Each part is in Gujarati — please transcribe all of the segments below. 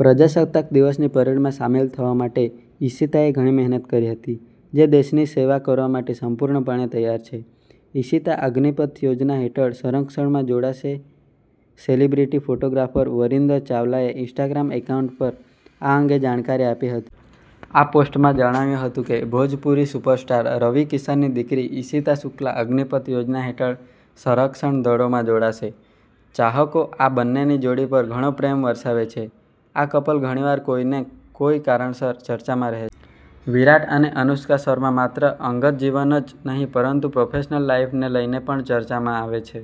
પ્રજાસત્તાક દિવસની પરેડમાં સામેલ થવા માટે ઈશિતાએ ઘણી મહેનત કરી હતી. જે દેશની સેવા કરવા માટે સંપૂર્ણપણે તૈયાર છે. ઈશિતા અગ્નિપથ યોજના હેઠળ સંરક્ષણમાં જોડાશે સેલિબ્રિટી ફોટોગ્રાફર વરિન્દર ચાવલાએ ઇન્સ્ટાગ્રામ એકાઉન્ટ પર આ અંગે જાણકારી આપી હતી. આ પોસ્ટમાં જણાવ્યું હતું કે, ભોજપુરી સુપરસ્ટાર રવિ કિશનની દીકરી ઈશિતા શુક્લા અગ્નિપથ યોજના હેઠળ સંરક્ષણ દળોમાં જોડાશે. ચાહકો આ બંનેની જોડી પર ઘણો પ્રેમ વરસાવે છે. આ કપલ ઘણીવાર કોઈને કોઈ કારણસર ચર્ચામાં રહે છે. વિરાટ અને અનુષ્કા શર્મા માત્ર અંગત જીવન જ નહીં પરંતુ પ્રોફેશનલ લાઈફને લઈને પણ ચર્ચામાં આવે છે.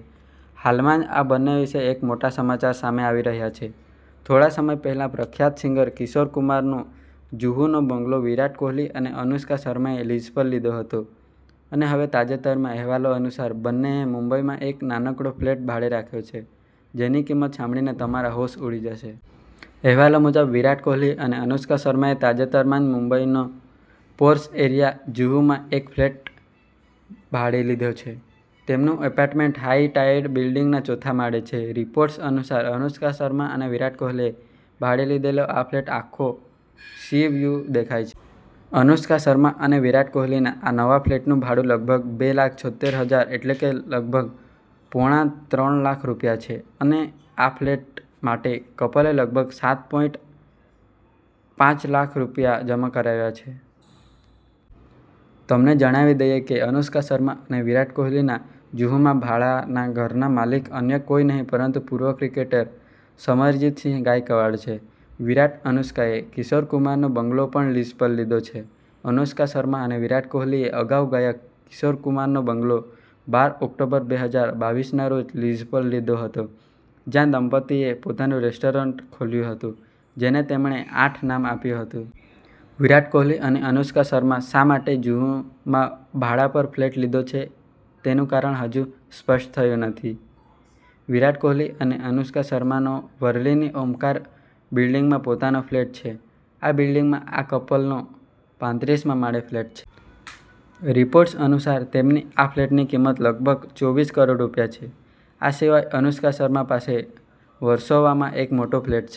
હાલમાં જ આ બંને વિશે એક મોટા સમાચાર સામે આવી રહ્યા છે. થોડા સમય પહેલા પ્રખ્યાત સિંગર કિશોર કુમાર નો જુહુનો બંગલો વિરાટ કોહલી અને અનુષ્કા શર્માએ લીઝ પર લીધો હતો અને હવે તાજેતરના અહેવાલો અનુસાર, બંનેએ મુંબઈ માં એક નાનકડો ફ્લેટ ભાડે રાખ્યો છે, જેની કિંમત સાંભળીને તમારા હોશ ઉડી જશે. અહેવાલો મુજબ, વિરાટ કોહલી અને અનુષ્કા શર્માએ તાજેતરમાં જ મુંબઈના પોર્શ એરિયા જુહુમાં એક ફ્લેટ ભાડે લીધો છે. તેમનું એપાર્ટમેન્ટ હાઈ ટાઈડ બિલ્ડિંગના ચોથા માળે છે. રિપોર્ટ્સ અનુસાર, અનુષ્કા શર્મા અને વિરાટ કોહલીએ ભાડે લીધેલો આ ફ્લેટથી આખો સીવ્યૂ દેખાય છે. અનુષ્કા શર્મા અને વિરાટ કોહલીના આ નવા ફ્લેટનું ભાડું લગભગ બે લાખ છોતેર હજાર એટલે કે લગભગ પોણા ત્રણ લાખ રૂપિયા છે અને આ ફ્લેટ માટે કપલે લગભગ સાત પોઈન્ટ પાંચ લાખ રૂપિયા જમા કરાવ્યા છે. તમને જણાવી દઈએ કે અનુષ્કા શર્મા અને વિરાટ કોહલીના જુહુમાં ભાડાના ઘરના માલિક અન્ય કોઈ નહીં પરંતુ પૂર્વ ક્રિકેટર સમરજિત સિંહ ગાયકવાડ છે. વિરાટ-અનુષ્કાએ કિશોર કુમારનો બંગલો પણ લીઝ પર લીધો છે: અનુષ્કા શર્મા અને વિરાટ કોહલીએ અગાઉ ગાયક કિશોર કુમારનો બંગલો બાર ઓક્ટોબર, બે હજાર બાવીસ ના રોજ લીઝ પર લીધો હતો, જ્યાં દંપતીએ પોતાનું રેસ્ટોરન્ટ ખોલ્યું હતું, જેને તેમણે આઠ નામ આપ્યું હતું. વિરાટ કોહલી અને અનુષ્કા શર્માએ શા માટે જુહુમાં ભાડા પર ફ્લેટ લીધો છે તેનું કારણ હજુ સ્પષ્ટ થયું નથી. વિરાટ કોહલી અને અનુષ્કા શર્માનો વર્લીની ઓમકાર બિલ્ડીંગમાં પોતાનો ફ્લેટ છે. આ બિલ્ડીંગમાં આ કપલનો પાત્રીસ મા માળે ફ્લેટ છે. રિપોર્ટ્સ અનુસાર તેમના આ ફ્લેટની કિંમત લગભગ ચોત્રીસ કરોડ રૂપિયા છે. આ સિવાય અનુષ્કા શર્મા પાસે વર્સોવામાં એક મોટો ફ્લેટ છે.